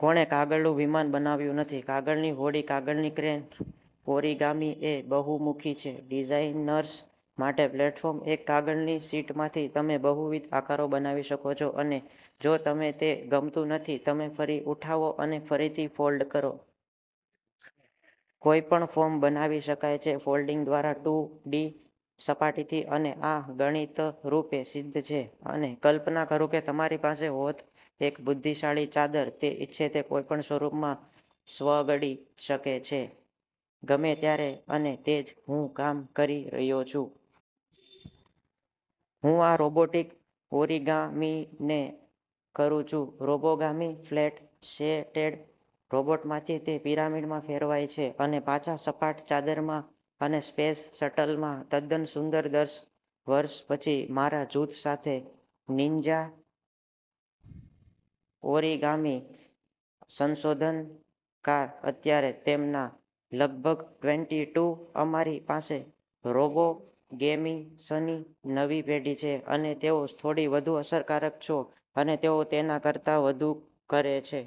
કોણે કાગળનું વિમાન બનાવ્યું નથી? કાગળની હોડી? કાગળની ક્રેન? ઓરિગામિ એ બહુમુખી છે ડિઝાઇનર્સ માટે પ્લેટફોર્મ. એક કાગળની શીટમાંથી તમે બહુવિધ આકારો બનાવી શકો છો અને જો તમે તે ગમતું નથી, તમે ફરી ઉઠાવો અને ફરીથી ફોલ્ડ કરો. કોઈપણ ફોર્મ બનાવી શકાય છે ફોલ્ડિંગ દ્વારા ટુ ડી સપાટીથી અને આ ગણિતરૂપે સિદ્ધ છે. અને કલ્પના કરો કે તમારી પાસે હોત એક બુદ્ધિશાળી ચાદર તે ઇચ્છે તે કોઈપણ સ્વરૂપમાં સ્વગડી શકે છે ગમે ત્યારે અને તે જ હું કામ કરી રહ્યો છું. હું આ રોબોટિક ઓરિગામિને કરું છું "રોબોગામી". ફ્લેટ-શેટેડ રોબોટમાંથી તે પિરામિડમાં ફેરવાય છે અને પાછા સપાટ ચાદરમાં અને સ્પેસ શટલમાં. તદ્દન સુંદર. દસ વર્ષ પછી મારા જૂથ સાથે નીન્જા ઓરિગામિ સંશોધનકાર અત્યારે તેમના લગભગ ટ્વેન્ટી ટુ અમારી પાસે રોબોગેમિસની નવી પેઢી છે અને તેઓ થોડી વધુ અસરકારક છો અને તેઓ તેના કરતા વધુ કરે છે.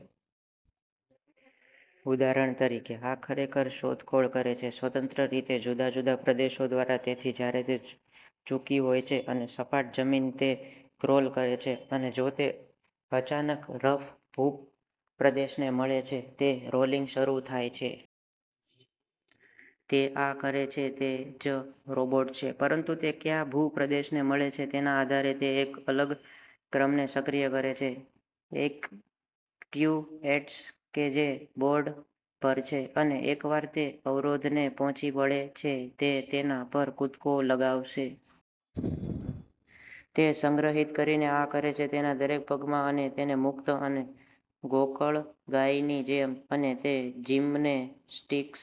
ઉદાહરણ તરીકે, આ ખરેખર શોધખોળ કરે છે સ્વતંત્ર રીતે જુદા જુદા પ્રદેશો દ્વારા. તેથી જ્યારે તે ચૂકી હોય છે અને સપાટ જમીન, તે ક્રોલ કરે છે. અને જો તે અચાનક રફ ભૂપ્રદેશને મળે છે, તે રોલિંગ શરૂ થાય છે. તે આ કરે છે તે જ રોબોટ છે પરંતુ તે કયા ભૂપ્રદેશને મળે છે તેના આધારે. તે એક અલગ ક્રમને સક્રિય કરે છે એક્ટ્યુએટ્સ કે જે બોર્ડ પર છે. અને એકવાર તે અવરોધને પહોંચી વળે છે, તે તેના પર કૂદકો લગાવશે. તે સંગ્રહિત કરીને આ કરે છે તેના દરેક પગમાં અને તેને મુક્ત અને ગોકળગાયની જેમ. અને તે જિમ્નેસ્ટિક્સ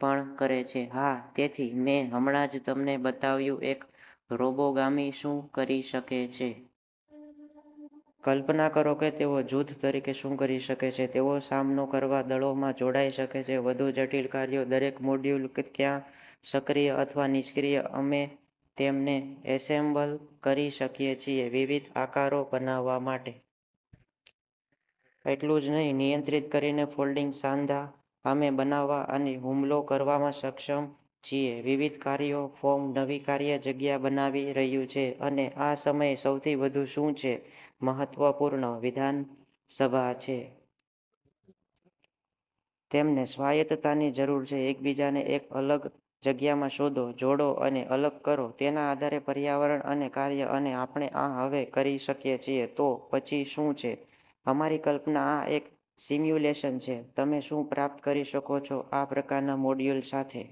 પણ કરે છે. હા, તેથી મેં હમણાં જ તમને બતાવ્યું એક રોબોગામી શું કરી શકે છે. કલ્પના કરો કે તેઓ જૂથ તરીકે શું કરી શકે છે. તેઓ સામનો કરવા દળોમાં જોડાઈ શકે છે વધુ જટિલ કાર્યો. દરેક મોડ્યુલ, ક્યાં સક્રિય અથવા નિષ્ક્રિય, અમે તેમને એસેમ્બલ કરી શકીએ છીએ વિવિધ આકારો બનાવવા માટે. એટલું જ નહીં, નિયંત્રિત કરીને ફોલ્ડિંગ સાંધા, અમે બનાવવા અને હુમલો કરવામાં સક્ષમ છીએ વિવિધ કાર્યો. ફોર્મ નવી કાર્ય જગ્યા બનાવી રહ્યું છે. અને આ સમયે સૌથી વધુ શું છે મહત્વપૂર્ણ? વિધાનસભા છે. તેમને સ્વાયત્તતાની જરૂર છે. એકબીજાને એક અલગ જગ્યામાં શોધો, જોડો અને અલગ કરો તેના આધારે પર્યાવરણ અને કાર્ય. અને આપણે આ હવે કરી શકીએ છીએ. તો પછી શું છે? અમારી કલ્પના. આ એક સિમ્યુલેશન છે તમે શું પ્રાપ્ત કરી શકો છો આ પ્રકારના મોડ્યુલ સાથે.